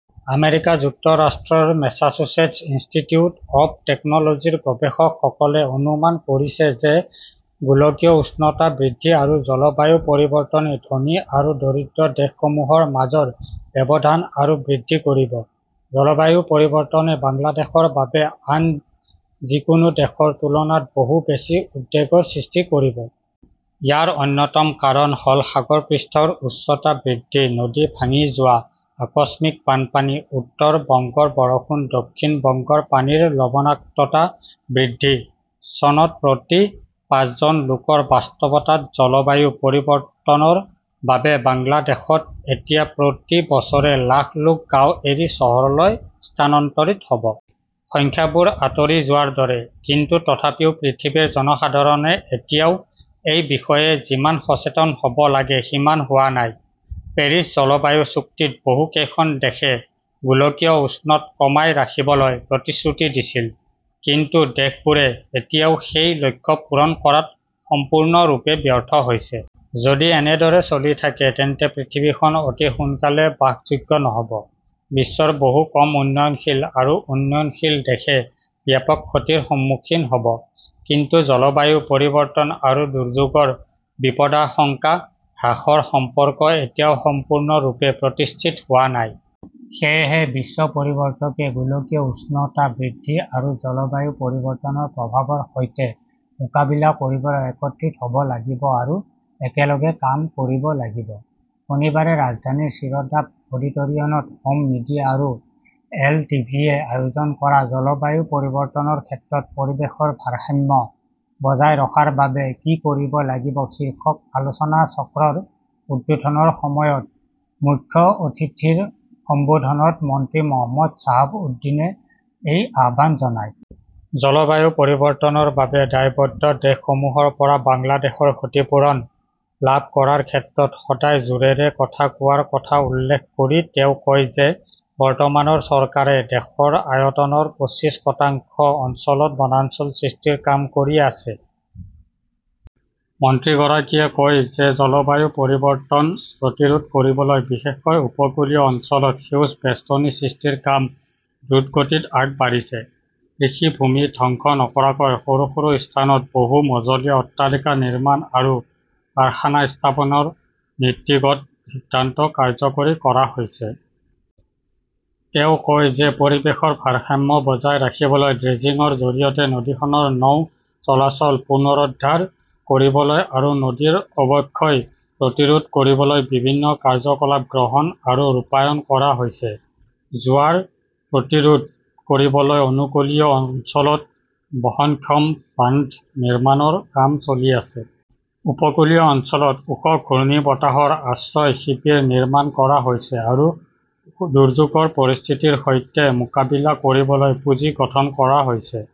America যুক্তৰাষ্ট্ৰৰ Massachusetts Institute of টেকন' লজিৰ গৱেষকসকলে অনুমান কৰিছে যে গোলকীয় উষ্ণতা বৃদ্ধি আৰু জলবায়ু পৰিৱৰ্তনে ধনী আৰু দৰিদ্ৰ দেশসমূহৰ মাজৰ ব্যৱধান আৰু বৃদ্ধি কৰিব। জলবায়ু পৰিৱৰ্তনে বাংলাদেশৰ বাবে আন যিকোনো দেশৰ তুলনাত বহু বেছি উদ্বেগৰ সৃষ্টি কৰিব। ইয়াৰ অন্যতম কাৰণ হ'ল সাগৰপৃষ্ঠৰ উচ্চতা বৃদ্ধি, নদী ভাঙি যোৱা, আকস্মিক বানপানী, উত্তৰ বংগৰ বৰষুণ, দক্ষিণ বংগৰ পানীৰ লবণাক্ততা বৃদ্ধি, চনত প্ৰতি পাঁচজন লোকৰ বাস্তৱতাত জলবায়ু পৰিৱৰ্তনৰ বাবে বাংলাদেশত এতিয়া প্ৰতি বছৰে লাখ লোক গাঁৱ এৰি চহৰলৈ স্থানান্তৰিত হ' ব। সংখ্যাবোৰ আতৰি যোৱাৰ দৰে। কিন্তু তথাপিও পৃথিৱীৰ জনসাধাৰণে এতিয়াও এই বিষয়ে যিমান সচেতন হ'ব লাগে সিমান হোৱা নাই। পেৰিছ জলবায়ু চুক্তিত বহু কেইখন দেশে গোলকীয় উষ্ণত কমাই ৰাখিবলৈ প্ৰতিশ্ৰুতি দিছিল। কিন্তু দেশবোৰে এতিয়াও সেই লক্ষ্য পূৰণ কৰাত সম্পূৰ্ণৰূপে ব্যৰ্থ হৈছে। যদি এনেদৰে চলি থাকে তেন্তে পৃথিৱীখন অতি সোনকালে বাসযোগ্য নহ'ব। বিশ্বৰ বহু কম উন্নয়নশীল আৰু উন্নয়নশীল দেশে ব্যাপক ক্ষতিৰ সন্মুখীন হ'ব। কিন্তু জলবায়ু পৰিৱৰ্তন আৰু দুৰ্যোগৰ বিপদাশংকা হ্ৰাসৰ সম্পৰ্ক এতিয়াও সম্পূৰ্ণৰূপে প্ৰতিষ্ঠিত হোৱা নাই। সেয়েহে বিশ্ব পৰিৱৰ্তকে গোলকীয় উষ্ণতা বৃদ্ধি আৰু জলবায়ু পৰিৱৰ্তনৰ প্ৰভাৱৰ সৈতে মোকাবিলা কৰিবলৈ একত্ৰিত হ'ব লাগিব আৰু একেলগে কাম কৰিব লাগিব। শনিবাৰে ৰাজধানীৰ ছিৰডাপ অডিটৰিয়নত হোম মিডিয়া আৰু এলটিভিয়ে আয়োজন কৰা 'জলবায়ু পৰিৱৰ্তনৰ ক্ষেত্ৰত পৰিৱেশৰ ভাৰসাম্য বজাই ৰখাৰ বাবে কি কৰিব লাগে শীৰ্ষক আলোচনাচক্ৰৰ উদ্বোধনৰ সময়ত মুখ্য অতিথিৰ সম্বোধনত মন্ত্ৰী মহম্মদ চাহাব উদ্দিনে এই আহ্বান জনায়। জলবায়ু পৰিৱৰ্তনৰ বাবে দায়বদ্ধ দেশসমূহৰ পৰা বাংলাদেশৰ ক্ষতিপূৰণ লাভ কৰাৰ ক্ষেত্ৰত সদায় জোৰেৰে কথা কোৱাৰ কথা উল্লেখ কৰি তেওঁ কয় যে, বৰ্তমানৰ চৰকাৰে দেশৰ আয়তনৰ পঁচিশ শতাংশ অঞ্চলত বনাঞ্চল সৃষ্টিৰ কাম কৰি আছে। মন্ত্ৰীগৰাকীয়ে কয় যে, জলবায়ু পৰিৱৰ্তন প্ৰতিৰোধ কৰিবলৈ বিশেষকৈ উপকূলীয় অঞ্চলত সেউজ বেষ্টনী সৃষ্টিৰ কাম দ্ৰুতগতিত আগবাঢ়িছে। কৃষিভূমি ধ্বংস নকৰাকৈ সৰু সৰু স্থানত বহু-মজলীয়া অট্টালিকা নিৰ্মাণ আৰু কাৰখানা স্থাপনৰ নীতিগত সিদ্ধান্ত কাৰ্যকৰী কৰা হৈছে। তেওঁ কয় যে পৰিৱেশৰ ভাৰসাম্য বজাই ৰাখিবলৈ ড্ৰেজিংৰ জৰিয়তে নদীখনৰ নৌ চলাচল পুনৰুদ্ধাৰ কৰিবলৈ আৰু নদীৰ অৱক্ষয় প্ৰতিৰোধ কৰিবলৈ বিভিন্ন কাৰ্যকলাপ গ্ৰহণ আৰু ৰূপায়ণ কৰা হৈছে। জোৱাৰ প্ৰতিৰোধ কৰিবলৈ উপকূলীয় অঞ্চলত বহনক্ষম বান্ধ নিৰ্মাণৰ কাম চলি আছে। উপকূলীয় অঞ্চলত ওখ ঘূৰ্ণীবতাহৰ আশ্ৰয় শিবিৰ নিৰ্মাণ কৰা হৈছে আৰু দুৰ্যোগৰ পৰিস্থিতিৰ সৈতে মোকাবিলা কৰিবলৈ পুঁজি গঠন কৰা হৈছে।